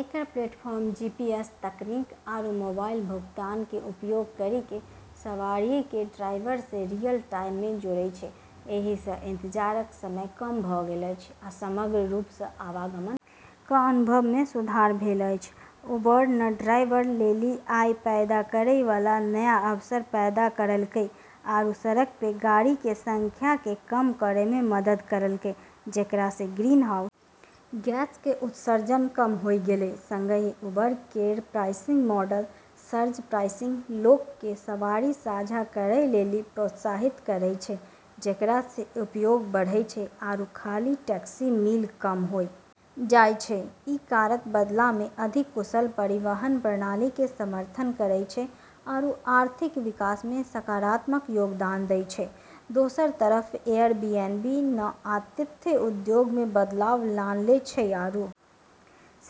एकरऽ platform GPS तकनीक आरू मोबाइल भुगतान के उपयोग करी के सवारियऽ के ड्राइवरऽ से रियल-टाइम मे जोड़ै छै, एहि स इंतजार क समय कम भ गेल अछि आ समग्र रूप स आवागमन क अनुभव मे सुधार भेल अछि, उबर न ड्राइवरऽ लेली आय पैदा करै वाला नया अवसर पैदा करलकै आरू सड़क पे गाड़ी के संख्या के कम करै मे मदद करलकै जेकरा से ग्रीनहाउस गैस के उत्सर्जन कम होय गेलै, संगहि उबर केरऽ प्राइसिंग मॉडल (सर्ज प्राइसिंग) लोगऽ के सवारी साझा करै लेली प्रोत्साहित करै छै जेकरा से उपयोग बढ़ै छै आरू खाली टैक्सी मील कम होय जाय छै, ई कारक बदला मे अधिक कुशल परिवहन प्रणाली के समर्थन करै छै आरू आर्थिक विकास मे सकारात्मक योगदान दै छै, दोसरऽ तरफ एयरबीएनबी न आतिथ्य उद्योग मे बदलाव लानले छै आरू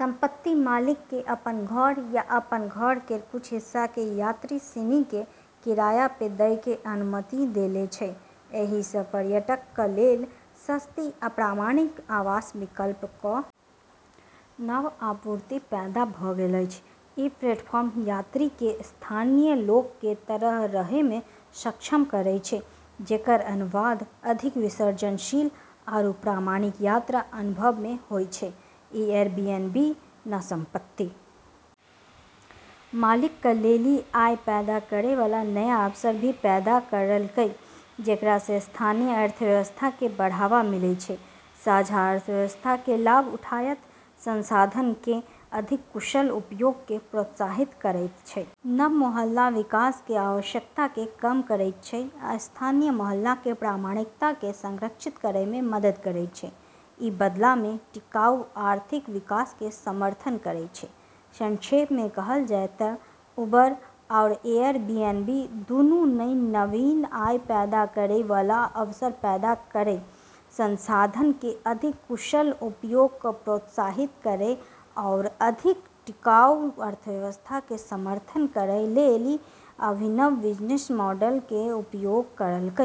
संपत्ति मालिकऽ के अपनऽ घर या अपनऽ घर केरऽ कुछ हिस्सा के यात्री सिनी के किराया पे दै के अनुमति देले छै, एहि स पर्यटक क लेल सस्ती आ प्रामाणिक आवास विकल्प क नव आपूर्ति पैदा भ गेल अछि, ई प्लेटफॉर्म यात्री के स्थानीय लोगऽ के तरह रहे मे सक्षम करै छै जेकरऽ अनुवाद अधिक विसर्जनशील आरू प्रामाणिक यात्रा अनुभव मे होय छै, एयरबीएनबी न संपत्ति मालिकऽ लेली आय पैदा करै वाला नया अवसर भी पैदा करलकै जेकरा से स्थानीय अर्थव्यवस्था के बढ़ावा मिलै छै, साझा अर्थव्यवस्था कें लाभ उठायत, संसाधनक कें अधिक कुशल उपयोग कें प्रोत्साहित करयत छै, नव होटल विकास कें आवश्यकता कें कम करयत छै आ स्थानीय मोहल्लाक कें प्रामाणिकता कें संरक्षित करय मे मदद करयत छै, इ बदला मे टिकाऊ आर्थिक विकास कें समर्थन करय छै, संक्षेप मे कहलऽ जाय तै उबर आरू एयरबीएनबी दूनू नै नवीन आय पैदा करै वाला अवसर पैदा करै, संसाधनऽ के अधिक कुशल उपयोग क॑ प्रोत्साहित करै आरू अधिक टिकाऊ अर्थव्यवस्था के समर्थन करै लेली अभिनव बिजनेस मॉडल के उपयोग करलकै।